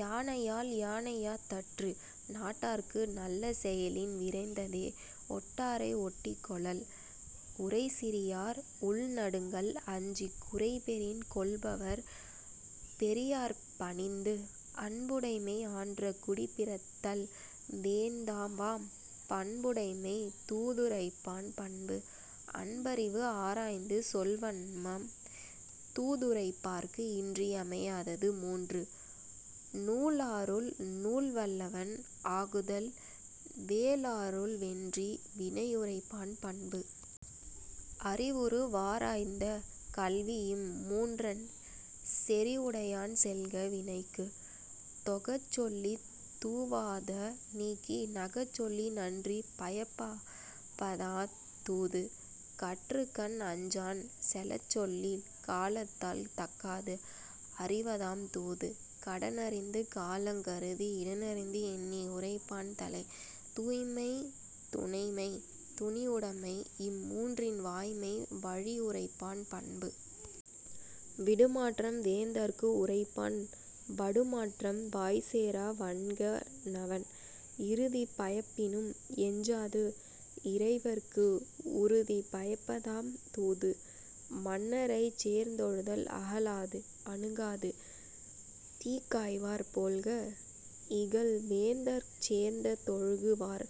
யானையால் யானையாத் தற்று. நட்டார்க்கு நல்ல செயலின் விரைந்ததே ஒட்டாரை ஒட்டிக் கொளல். உறைசிறியார் உள்நடுங்கல் அஞ்சிக் குறைபெறின் கொள்வர் பெரியார்ப் பணிந்து. அன்புடைமை ஆன்ற குடிப்பிறத்தல் வேந்தவாம் பண்புடைமை தூதுரைப்பான் பண்பு. அன்பறிவு ஆராய்ந்த சொல்வன்மை தூதுரைப்பார்க்கு இன்றி யமையாத மூன்று. நூலாருள் நூல்வல்லன் ஆகுதல் வேலாருள் வென்றி வினையுரைப்பான் பண்பு. அறிவுரு வாராய்ந்த கல்விஇம் மூன்றன் செறிவுடையான் செல்க வினைக்கு. தொகச் சொல்லித் தூவாத நீக்கி நகச்சொல்லி நன்றி பயப்பதாந் தூது. கற்றுக்கண் அஞ்சான் செலச்சொல்லிக் காலத்தால் தக்கது அறிவதாம் தூது. கடனறிந்து காலங் கருதி இடனறிந்து எண்ணி உரைப்பான் தலை. தூய்மை துணைமை துணிவுடைமை இம்மூன்றின் வாய்மை வழியுரைப்பான் பண்பு. விடுமாற்றம் வேந்தர்க்கு உரைப்பான் வடுமாற்றம் வாய்சேரா வன்க ணவன். இறுதி பயப்பினும் எஞ்சாது இறைவற் கு உறுதி பயப்பதாம் தூது.. மன்னரைச் சேர்ந்தொழுதல் அகலாது அணுகாது தீக்காய்வார் போல்க இகல்வேந்தர்ச் சேர்ந்தொழுகு வார்.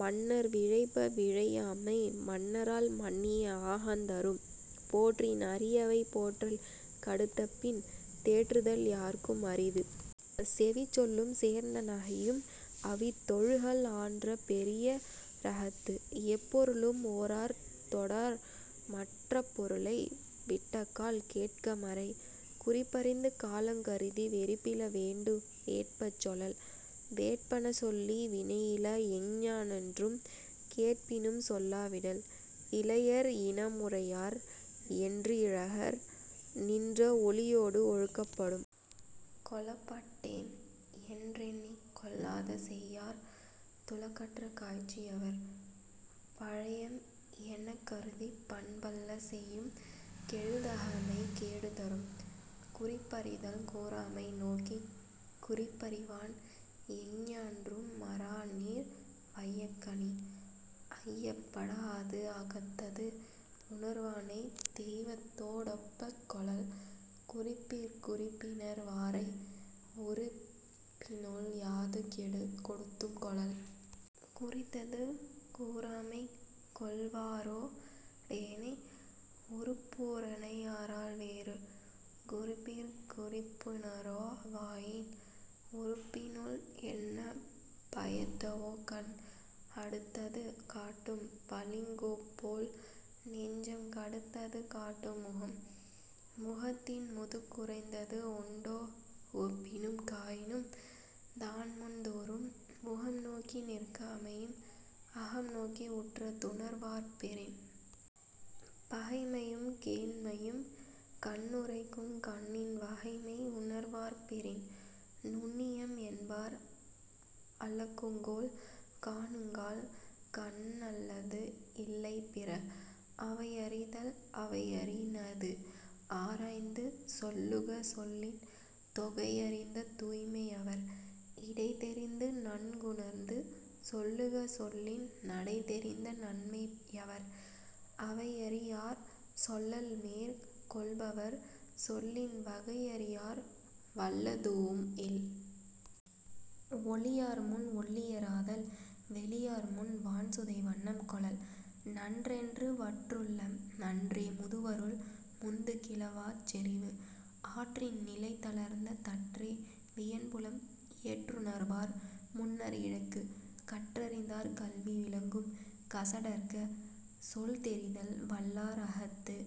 மன்னர் விழைப விழையாமை மன்னரால் மன்னிய ஆக்கந் தரும். போற்றின் அரியவை போற்றல் கடுத்தபின் தேற்றுதல் யார்க்கும் அரிது. செவிச்சொல்லும் சேர்ந்த நகையும் அவித்தொழுகல் ஆன்ற பெரியா ரகத்து. எப்பொருளும் ஓரார் தொடரார்மற் றப்பொருளை விட்டக்கால் கேட்க மறை. குறிப்பறிந்து காலங் கருதி வெறுப்பில வேண்டுப வேட்பச் சொலல். வேட்பன சொல்லி வினையில எஞ்ஞான்றும் கேட்பினும் சொல்லா விடல். இளையர் இனமுறையர் என்றிகழார் நின்ற ஒளியோடு ஒழுகப் படும். கொளப்பட்டேம் என்றெண்ணிக் கொள்ளாத செய்யார் துளக்கற்ற காட்சி யவர். பழையம் எனக்கருதிப் பண்பல்ல செய்யும் கெழுதகைமை கேடு தரும்.. குறிப்பறிதல் கூறாமை நோக்கிக் குறிப்பறிவான் எஞ்ஞான்றும் மாறாநீர் வையக் கணி. ஐயப் படாஅது அகத்தது உணர்வானைத் தெய்வத்தோ டொப்பக் கொளல். குறிப்பிற் குறிப்புணர் வாரை உறுப்பினுள் யாது கொடுத்தும் கொளல். குறித்தது கூறாமைக் கொள்வாரோ டேனை உறுப்போ ரனையரால் வேறு. குறிப்பிற் குறிப்புணரா வாயின் உறுப்பினுள் என்ன பயத்தவோ கண்? அடுத்தது காட்டும் பளிங்குபோல் நெஞ்சம் கடுத்தது காட்டும் முகம். முகத்தின் முதுக்குறைந்தது உண்டோ உவப்பினும் காயினும் தான்முந் துறும். முகம்நோக்கி நிற்க அமையும் அகம்நோக்கி உற்ற துணர்வார்ப் பெறின். பகைமையும் கேண்மையும் கண்ணுரைக்கும் கண்ணின் வகைமை உணர்வார்ப் பெறின். நுண்ணியம் என்பார் அளக்குங்கோல் காணுங்கால் கண்ணல்லது இல்லை பிற.. அவையறிதல் அவையறிநது ஆராய்ந்து சொல்லுக சொல்லின் தொகையறிந்த தூய்மை யவர். இடைதெரிந்து நன்குணர்ந்து சொல்லுக சொல்லின் நடைதெரிந்த நன்மை யவர். அவையறியார் சொல்லல்மேற் கொள்பவர் சொல்லின் வகையறியார் வல்லதூஉம் இல். ஒளியார்முன் ஒள்ளிய ராதல் வெளியார்முன் வான்சுதை வண்ணம் கொளல். நன்றென்ற வற்றுள்ளும் நன்றே முதுவருள் முந்து கிளவாச் செறிவு. ஆற்றின் நிலைதளர்ந் தற்றே வியன்புலம் ஏற்றுணர்வார் முன்னர் இழுக்கு. கற்றறிந்தார் கல்வி விளங்கும் கசடறச் சொல்தெரிதல் வல்லார் அகத்து.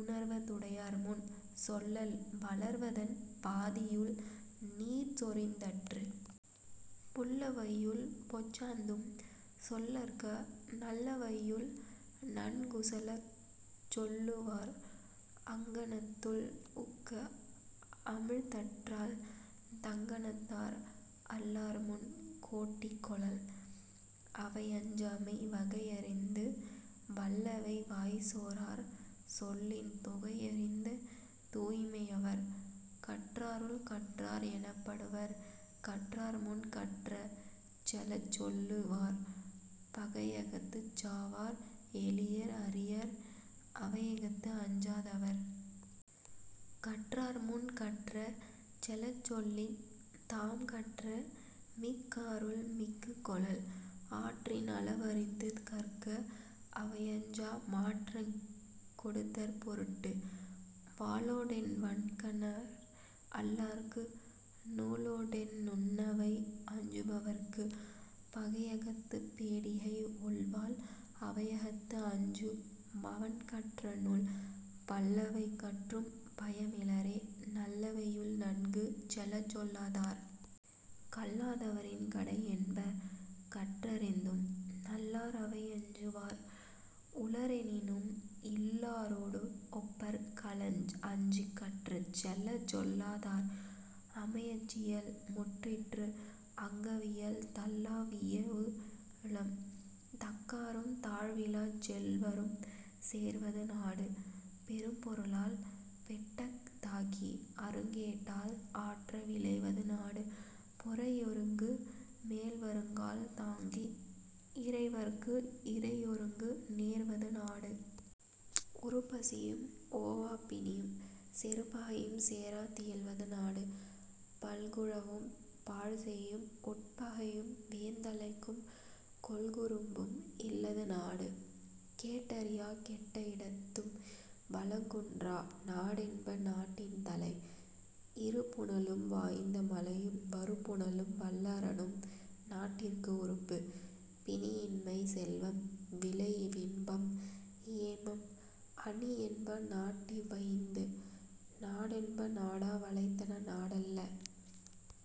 உணர்வ துடையார்முன் சொல்லல் வளர்வதன் பாத்தியுள் நீர்சொரிந் தற்று. புல்லவையுள் பொச்சாந்தும் சொல்லற்க நல்லவையுள் நன்குசலச் சொல்லு வார். அங்கணத்துள் உக்க அமிழ்தற்றால் தங்கணத்தார் அல்லார்முன் கோட்டி கொளல். அவையஞ்சாமை வகையறிந்து வல்லவை வாய்சோரார் சொல்லின் தொகையறிந்த தூய்மை யவர். கற்றாருள் கற்றார் எனப்படுவர் கற்றார்முன் கற்ற செலச்சொல்லு வார். பகையகத்துச் சாவார் எளியர் அரியர் அவையகத்து அஞ்சா தவர். கற்றார்முன் கற்ற செலச்சொல்லித் தாம்கற்ற மிக்காருள் மிக்க கொளல். ஆற்றின் அளவறிந்து கற்க அவையஞ்சா மாற்றங் கொடுத்தற் பொருட்டு. வாளொடென் வன்கண்ணர் அல்லார்க்கு நூலொடென் நுண்ணவை அஞ்சு பவர்க்கு. பகையகத்துப் பேடிகை ஒள்வாள் அவையகத்து அஞ்சு மவன்கற்ற நூல். பல்லவை கற்றும் பயமிலரே நல்லவையுள் நன்கு செலச்சொல்லா தார். கல்லா தவரின் கடையென்ப கற்றறிந்தும் நல்லா ரவையஞ்சு வார். உளரெனினும் இல்லாரொடு ஒப்பர் களன்அஞ்சிக் கற்ற செலச்சொல்லா தார். அமைச்சியல் முற்றிற்று அங்கவியல் தள்ளா விளையுளும் தக்காரும் தாழ்விலாச் செல்வரும் சேர்வது நாடு. பெரும்பொருளால் பெட்டக்க தாகி அருங்கேட்டால் ஆற்ற விளைவது நாடு. பொறையொருங்கு மேல்வருங்கால் தாங்கி இறைவற்கு இறையொருங்கு நேர்வது நாடு. உறுபசியும் ஓவாப் பிணியும் செறுபகையும் சேரா தியல்வது நாடு. பல்குழுவும் பாழ்செய்யும் உட்பகையும் வேந்தலைக்கும் கொல்குறும்பும் இல்லது நாடு. கேடறியாக் கெட்ட இடத்தும் வளங்குன்றா நாடென்ப நாட்டின் தலை. இருபுனலும் வாய்ந்த மலையும் வருபுனலும் வல்லரணும் நாட்டிற்கு உறுப்பு. பிணியின்மை செல்வம் விளைவின்பம் ஏமம் அணியென்ப நாட்டிவ் வைந்து. நாடென்ப நாடா வளத்தன நாடல்ல।